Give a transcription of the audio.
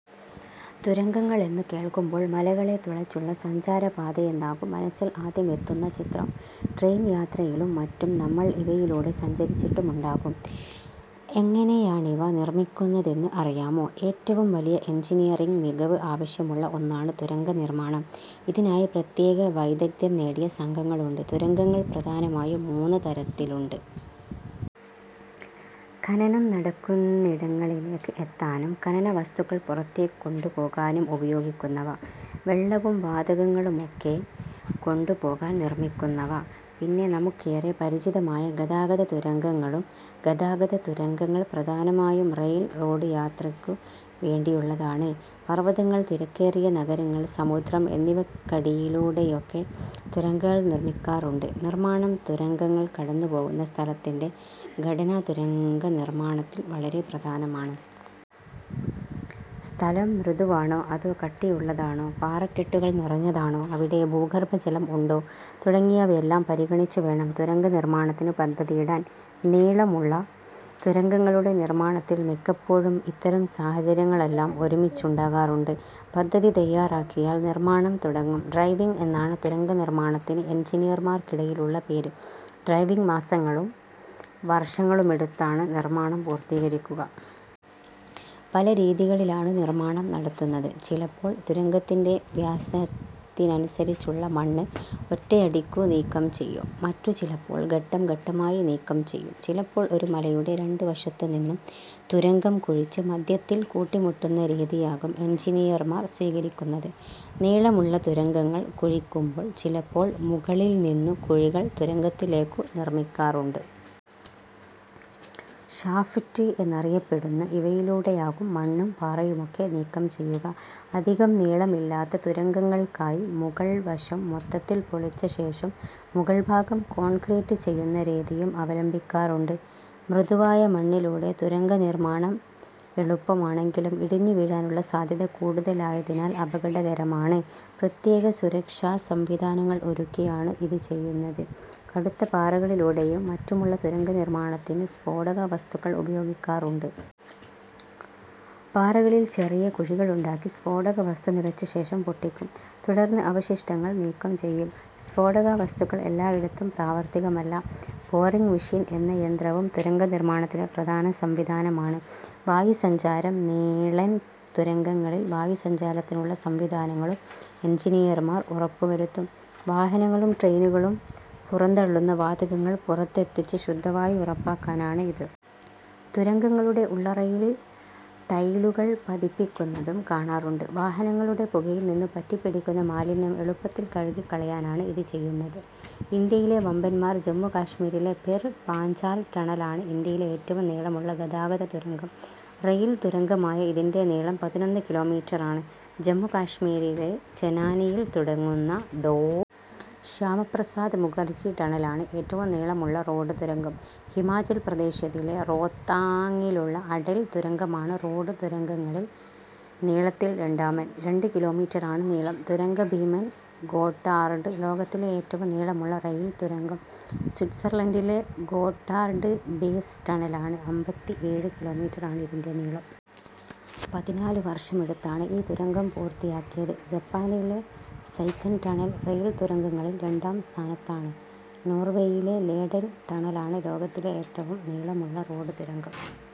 തുരങ്കങ്ങളെന്നു കേൾക്കുമ്പോൾ മലകളെ തുളച്ചുള്ള സഞ്ചാരപാതയെന്നാകും മനസ്സിൽ ആദ്യമെത്തുന്ന ചിത്രം. ട്രെയിൻ യാത്രയിലും മറ്റും നമ്മൾ ഇവയിലൂടെ സഞ്ചരിച്ചിട്ടുമുണ്ടാകും. എങ്ങനെയാണിവ നിർമിക്കുന്നതെന്ന് അറിയാമോ? ഏറ്റവും വലിയ എൻജിനീയറിങ് മികവ് ആവശ്യമുള്ള ഒന്നാണ് തുരങ്കനിർമാണം. ഇതിനായി പ്രത്യേക വൈദഗ്ധ്യം നേടിയ സംഘങ്ങളുണ്ട്. തുരങ്കങ്ങൾ പ്രധാനമായും മൂന്ന് തരത്തിലുണ്ട്. ഖനനം നടക്കുന്നിടങ്ങളിലേക്ക് എത്താനും ഖനന വസ്തുക്കൾ പുറത്തേക്കു കൊണ്ടുപോകാനും ഉപയോഗിക്കുന്നവ. വെള്ളവും വാതകങ്ങളുമൊക്കെ കൊണ്ടുപോകാൻ നിർമിക്കുന്നവ. പിന്നെ നമുക്കേറെ പരിചിതമായ ഗതാഗത തുരങ്കങ്ങളും. ഗതാഗതതുരങ്കങ്ങൾ പ്രധാനമായും റെയിൽ, റോഡ് യാത്രയ്ക്കു വേണ്ടിയുള്ളതാണ്. പർവതങ്ങൾ, തിരക്കേറിയ നഗരങ്ങൾ, സമുദ്രം എന്നിവയ്ക്കടിയിലൂടെയൊക്കെ തുരങ്കങ്ങൾ നിർമിക്കാറുണ്ട്. നിർമാണം തുരങ്കങ്ങൾ കടന്നുപോകുന്ന സ്ഥലത്തിന്റെ ഘടന തുരങ്കനിർമാണത്തിൽ വളരെ പ്രധാനമാണ്. സ്ഥലം മൃദുവാണോ അതോ കട്ടിയുള്ളതാണോ, പാറക്കെട്ടുകൾ നിറഞ്ഞതാണോ, അവിടെ ഭൂഗർഭജലം ഉണ്ടോ തുടങ്ങിയവയെല്ലാം പരിഗണിച്ചുവേണം തുരങ്കനിർമാണത്തിനു പദ്ധതിയിടാൻ. നീളമുള്ള തുരങ്കങ്ങളുടെ നിർമാണത്തിൽ മിക്കപ്പോഴും ഇത്തരം സാഹചര്യങ്ങളെല്ലാം ഒരുമിച്ചുണ്ടാകാറുണ്ട്. പദ്ധതി തയാറാക്കിയാൽ നിർമാണം തുടങ്ങും. ഡ്രൈവിങ് എന്നാണ് തുരങ്കനിർമാണത്തിന് എൻജിനീയർമാർക്കിടയിലുള്ള പേര്. ഡ്രൈവിങ് മാസങ്ങളും വർഷങ്ങളുമെടുത്താണ് നിർമാണം പൂർത്തീകരിക്കുക. പല രീതികളിലാണു നിർമാണം നടത്തുന്നത്. ചിലപ്പോൾ തുരങ്കത്തിന്റെ വ്യാസത്തിനനുസരിച്ചുള്ള മണ്ണ് ഒറ്റയടിക്കു നീക്കം ചെയ്യും. മറ്റു ചിലപ്പോൾ, ഘട്ടം ഘട്ടമായി നീക്കം ചെയ്യും. ചിലപ്പോൾ ഒരു മലയുടെ രണ്ടുവശത്തു നിന്നും തുരങ്കം കുഴിച്ച് മധ്യത്തിൽ കൂട്ടിമുട്ടുന്ന രീതിയാകും എൻജിനീയർമാർ സ്വീകരിക്കുന്നത്. നീളമുള്ള തുരങ്കങ്ങൾ കുഴിക്കുമ്പോൾ ചിലപ്പോൾ മുകളിൽ നിന്നു കുഴികൾ തുരങ്കത്തിലേക്കു നിർമിക്കാറുണ്ട്. ഷാഫ്റ്റ് എന്നറിയപ്പെടുന്ന ഇവയിലൂടെയാകും മണ്ണും പാറയുമൊക്കെ നീക്കം ചെയ്യുക. അധികം നീളമില്ലാത്ത തുരങ്കങ്ങൾക്കായി മുകൾവശം മൊത്തത്തിൽ പൊളിച്ച ശേഷം മുകൾഭാഗം കോൺക്രീറ്റ് ചെയ്യുന്ന രീതിയും അവലംബിക്കാറുണ്ട്. മൃദുവായ മണ്ണിലൂടെ തുരങ്കനിർമാണം എളുപ്പമാണെങ്കിലും ഇടിഞ്ഞുവീഴാനുള്ള സാധ്യത കൂടുതലായതിനാൽ അപകടകരമാണ്. പ്രത്യേക സുരക്ഷാസംവിധാനങ്ങൾ ഒരുക്കിയാണ് ഇതു ചെയ്യുന്നത്. കടുത്ത പാറകളിലൂടെയും മറ്റുമുള്ള തുരങ്കനിർമാണത്തിന് സ്ഫോടകവസ്തുക്കൾ ഉപയോഗിക്കാറുണ്ട്. പാറകളിൽ ചെറിയ കുഴികളുണ്ടാക്കി സ്ഫോടകവസ്തു നിറച്ചശേഷം പൊട്ടിക്കും. തുടർന്ന് അവശിഷ്ടങ്ങൾ നീക്കം ചെയ്യും. സ്ഫോടകവസ്തുക്കൾ എല്ലായിടത്തും പ്രാവർത്തികമല്ല. ബോറിങ് മെഷീൻ എന്ന യന്ത്രവും തുരങ്കനിർമാണത്തിലെ പ്രധാന സംവിധാനമാണ്. വായുസഞ്ചാരം നീളൻ തുരങ്കങ്ങളിൽ വായുസഞ്ചാരത്തിനുള്ള സംവിധാനങ്ങളും എൻജിനീയർമാർ ഉറപ്പുവരുത്തും. വാഹനങ്ങളും ട്രെയിനുകളും പുറന്തള്ളുന്ന വാതകങ്ങൾ പുറത്തെത്തിച്ച് ശുദ്ധവായു ഉറപ്പാക്കാനാണ് ഇത്. തുരങ്കങ്ങളുടെ ഉള്ളറയിൽ ടൈലുകൾ പതിപ്പിക്കുന്നതും കാണാറുണ്ട്. വാഹനങ്ങളുടെ പുകയിൽ നിന്നു പറ്റിപ്പിടിക്കുന്ന മാലിന്യം എളുപ്പത്തിൽ കഴുകിക്കളയാനാണ് ഇതു ചെയ്യുന്നത്. ഇന്ത്യയിലെ വമ്പൻമാർ ജമ്മു കശ്മീരിലെ പിർ പാഞ്ചാൽ ടണലാണ് ഇന്ത്യയിലെ ഏറ്റവും നീളമുള്ള ഗതാഗത തുരങ്കം. റെയിൽ തുരങ്കമായ ഇതിന്റെ നീളം പതിനൊന്ന് കിലോമീറ്ററാണ്. ജമ്മു കശ്മീരിലെ ചെനാനിയിൽ തുടങ്ങുന്ന ഡോ. ശ്യാമപ്രസാദ് മുഖർജി ടണലാണ് ഏറ്റവും നീളമുള്ള റോഡ് തുരങ്കം ഹിമാചൽ പ്രദേശിലെ റോത്താങ്ങിലുള്ള അടൽ തുരങ്കമാണ് റോഡ് തുരങ്കങ്ങളിൽ നീളത്തിൽ രണ്ടാമൻ. രണ്ട് കിലോമീറ്ററാണ് നീളം. തുരങ്കഭീമൻ ഗോട്ടാർഡ് ലോകത്തിലെ ഏറ്റവും നീളമുള്ള റെയിൽ തുരങ്കം സ്വിറ്റ്സർലൻഡിലെ ഗോട്ടാർഡ് ബേസ് ടണലാണ്. അമ്പത്തിഏഴ് കിലോമീറ്ററാണ് ഇതിന്റെ നീളം. പതിനാലുവർഷമെടുത്താണ് ഈ തുരങ്കം പൂർത്തിയാക്കിയത്. ജപ്പാനിലെ സെയ്കൻ ടണൽ റെയിൽ തുരങ്കങ്ങളിൽ രണ്ടാം സ്ഥാനത്താണ്. നോർവേയിലെ ലേഡൽ ടണലാണ് ലോകത്തിലെ ഏറ്റവും നീളമുള്ള റോഡ് തുരങ്കം.